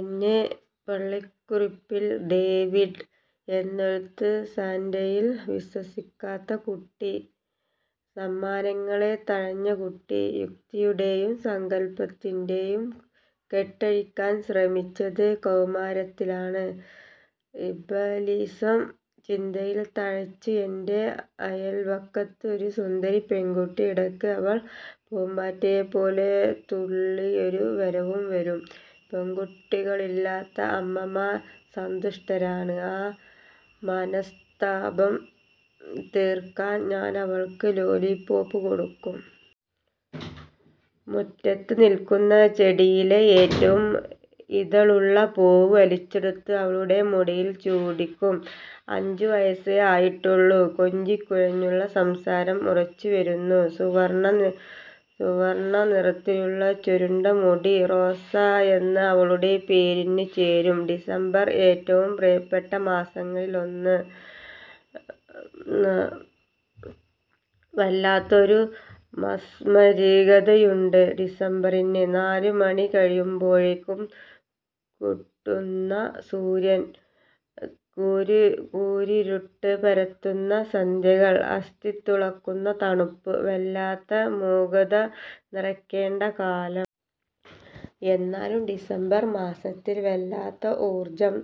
എന്ന പള്ളിക്കുറിപ്പിൽ ഡേവിഡ്, എന്നെഴുതി. സാന്റയിൽ വിശ്വസിക്കാത്ത കുട്ടി. സമ്മാനങ്ങളെ തഴഞ്ഞ കുട്ടി. യുക്തിയുടേയും സങ്കൽപ്പത്തിൻ്റെയും കെട്ടഴിക്കാൻ ശ്രമിച്ചത് കൗമാരത്തിലാണ്. റിബലിസം ചിന്തയിൽ തഴച്ചു. എൻ്റെ അയൽപക്കത്ത് ഒരു സുന്ദരി പെൺകുട്ടിയുണ്ട്. ഇടയ്ക്ക് അവൾ പൂമ്പാറ്റയെപ്പോലെ തുള്ളിയൊരു വരവു വരും. പെൺകുട്ടികളില്ലാത്ത അമ്മമാർ അസന്തുഷ്ടരാണ്. ആ മനസ്താപം തീർക്കാൻ ഞാനവൾക്ക് ലോലിപോപ്പ് കൊടുക്കും. മുറ്റത്ത് നിൽക്കുന്ന ചെടിയിലെ ഏറ്റവും ഇതളുള്ള പൂവ് വലിച്ചെടുത്ത് അവളുടെ മുടിയിൽ ചൂടിക്കും. അഞ്ചു വയസ്സേ ആയിട്ടുള്ളൂ. കൊഞ്ചിക്കുഴഞ്ഞുള്ള സംസാരം ഉറച്ചുവരുന്നു. സുവർണ നിറത്തിലുള്ള ചുരുണ്ട മുടി റോസ എന്ന അവളുടെ പേരിനു ചേരും. ഡിസംബർ ഏറ്റവും പ്രിയപ്പെട്ട മാസങ്ങളിലൊന്ന്. വല്ലാത്തൊരു മാസ്മരികതയുണ്ട് ഡിസംബറിന്. നാലുമണി കഴിയുമ്പോഴേക്കും കെടുന്ന സൂര്യൻ, കൂരിരുട്ട് പരത്തുന്ന സന്ധ്യകൾ, അസ്ഥി തുളക്കുന്ന തണുപ്പ്, വല്ലാത്ത മൂകത നിറക്കേണ്ട കാലം. എങ്കിലും ഡിസംബർ മനസ്സിൽ വല്ലാത്ത ഊർജം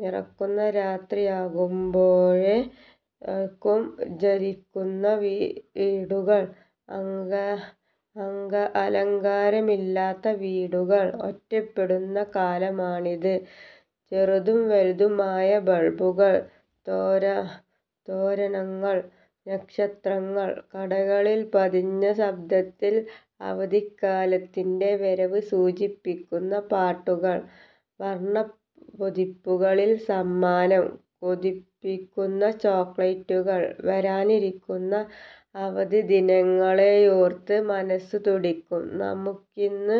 നിറക്കുന്നു. രാത്രിയാകുമ്പോഴേക്കും ജ്വലിക്കുന്ന വീടുകൾ. അലങ്കാരമില്ലാത്ത വീടുകൾ ഒറ്റപ്പെടുന്ന കാലമാണിത്. ചെറുതും വലുതുമായ ബൾബുകൾ, തോരണങ്ങൾ, നക്ഷത്രങ്ങൾ, കടകളിൽ പതിഞ്ഞ ശബ്ദത്തിൽ അവധിക്കാലത്തിൻ്റെ വരവ് സൂചിപ്പിക്കുന്ന പാട്ടുകൾ, വർണപ്പൊതികളിൽ സമ്മാനം, കൊതിപ്പിക്കുന്ന ചോക്ലേറ്റുകൾ. വരാനിരിക്കുന്ന അവധിദിനങ്ങളെയോർത്ത് മനസ്സ് തുടിക്കും. നമുക്കിന്ന്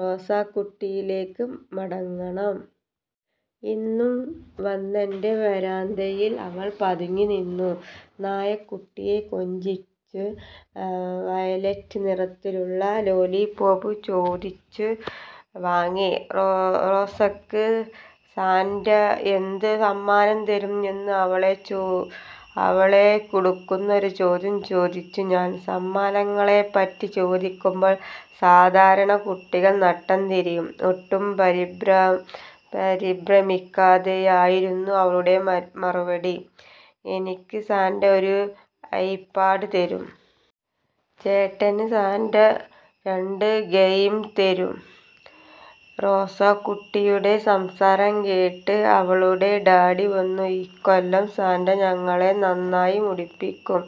റോസക്കുട്ടിയിലേക്ക് മടങ്ങണം. ഇന്നും വന്നെൻ്റെ വരാന്തയിൽ അവൾ പതുങ്ങിനിന്നു. നായക്കുട്ടിയെ കൊഞ്ചിച്ചു. വയലറ്റ് നിറത്തിലുള്ള ലോലിപോപ്പ് ചോദിച്ചു വാങ്ങി. റോസക്ക് സാന്റ എന്ത് സമ്മാനം തരും എന്ന് അവളെ കുടുക്കുന്ന ഒരു ചോദ്യം ചോദിച്ചു ഞാൻ. സമ്മാനങ്ങളെപ്പറ്റി ചോദിക്കുമ്പോൾ സാധാരണ കുട്ടികൾ നട്ടംതിരിയും. ഒട്ടും പരിഭ്രമിക്കാതെയായിരുന്നു അവളുടെ മറുപടി. എനിക്ക് സാന്റ ഒരു ഐപാഡ് തരും. ചേട്ടന് സാന്റ രണ്ട് ഗെയിം തരും. റോസക്കുട്ടിയുടെ സംസാരം കേട്ട് അവളുടെ ഡാഡി വന്നു. ഇക്കൊല്ലം സാന്റ ഞങ്ങളെ നന്നായി മുടിപ്പിക്കും.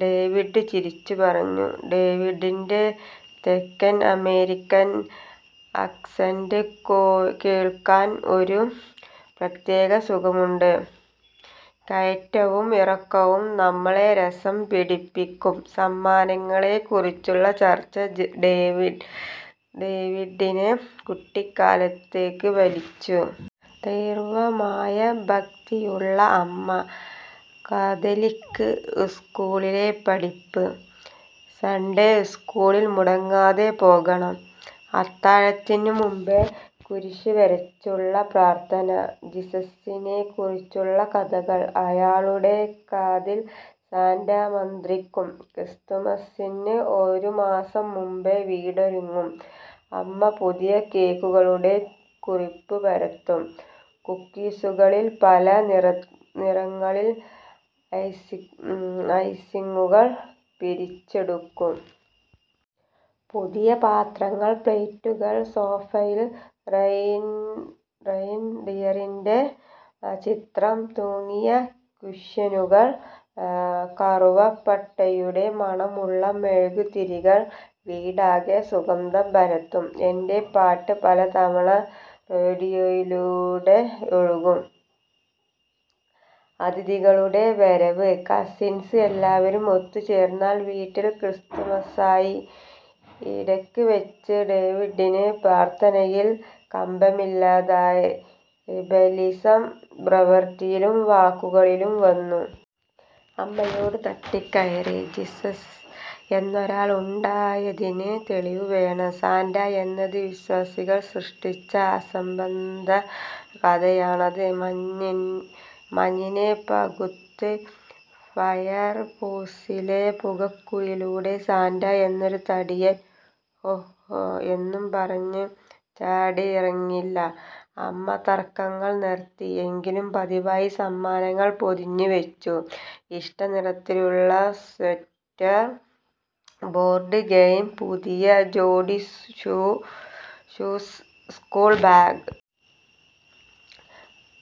ഡേവിഡ് ചിരിച്ചു പറഞ്ഞു. ഡേവിഡിൻ്റെ തെക്കൻ അമേരിക്കൻ ആക്സന്റ് കേൾക്കാൻ ഒരു പ്രത്യേക സുഖമുണ്ട്. കയറ്റവും ഇറക്കവും നമ്മളെ രസം പിടിപ്പിക്കും. സമ്മാനങ്ങളെക്കുറിച്ചുള്ള ചർച്ച ഡേവിഡിനെ കുട്ടിക്കാലത്തേക്ക് വലിച്ചു. തീവ്രമായ ഭക്തിയുള്ള അമ്മ. കാത്തലിക് സ്കൂളിലെ പഠിപ്പ്. സൺഡേ സ്കൂളിൽ മുടങ്ങാതെ പോകണം. അത്താഴത്തിനുമുമ്പ് കുരിശു വരച്ചുള്ള പ്രാർഥന. ജീസസിനെക്കുറിച്ചുള്ള കഥകൾ. അയാളുടെ കാതിൽ സാന്റ മന്ത്രിക്കും. ക്രിസ്തുമസ്സിന് ഒരുമാസം മുമ്പേ വീടൊരുങ്ങും. അമ്മ പുതിയ കേക്കുകളുടെ കുറിപ്പ് പരത്തും. കുക്കീസുകളിൽ പല നിറങ്ങളിൽ ഐസിങ്ങുകൾ പിരിച്ചൊഴിക്കും. പുതിയ പാത്രങ്ങൾ, പ്ലേറ്റുകൾ, സോഫയിൽ റെയിൻഡിയറിൻ്റെ ചിത്രം തുന്നിയ കുഷ്യനുകൾ. കറുവപ്പട്ടയുടെ മണമുള്ള മെഴുകുതിരികൾ വീടാകെ സുഗന്ധം പരത്തും. ൻ്റെ പാട്ട് പലതവണ റേഡിയോയിലൂടെ ഒഴുകും. അതിഥികളുടെ വരവ്. കസിൻസ് എല്ലാവരും ഒത്തുചേർന്നാൽ വീട്ടിൽ ക്രിസ്തുമസ്സായി. ഇടയ്ക്ക് വച്ച് ഡേവിഡിന് പ്രാർഥനയിൽ കമ്പമില്ലാതായി. റിബലിസം പ്രവൃത്തിയിലും വാക്കുകളിലും വന്നു. അമ്മയോട് തട്ടിക്കയറി. ജീസസ് എന്നൊരാൾ ഉണ്ടായതിന് തെളിവ് വേണം. സാന്റ എന്നത് വിശ്വാസികൾ സൃഷ്ടിച്ച അസംബന്ധ കഥയാണ്. മഞ്ഞിനെ പകുത്ത് ഫയർപ്ലേസിലെ പുകക്കുഴലിലൂടെ സാന്റ എന്നൊരു തടിയൻ ഹോ ഹോ എന്നും പറഞ്ഞ് ചാടിയിറങ്ങില്ല. അമ്മ തർക്കങ്ങൾ നിർത്തി. എങ്കിലും പതിവായി സമ്മാനങ്ങൾ പൊതിഞ്ഞുവെച്ചു. ഇഷ്ടനിറത്തിലുള്ള സ്വെറ്റർ, ബോർഡ് ഗെയിം, പുതിയ ജോഡി ഷൂസ്, സ്കൂൾ ബാഗ്.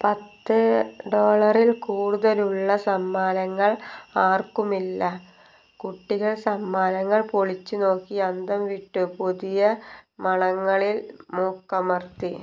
പത്ത് ഡോളറിൽ കൂടുതലുള്ള സമ്മാനങ്ങൾ ആർക്കുമില്ല. കുട്ടികൾ സമ്മാനങ്ങൾ പൊളിച്ചുനോക്കി അന്തംവിട്ടു. പുതിയ മണങ്ങളിൽ മൂക്കമർത്തി.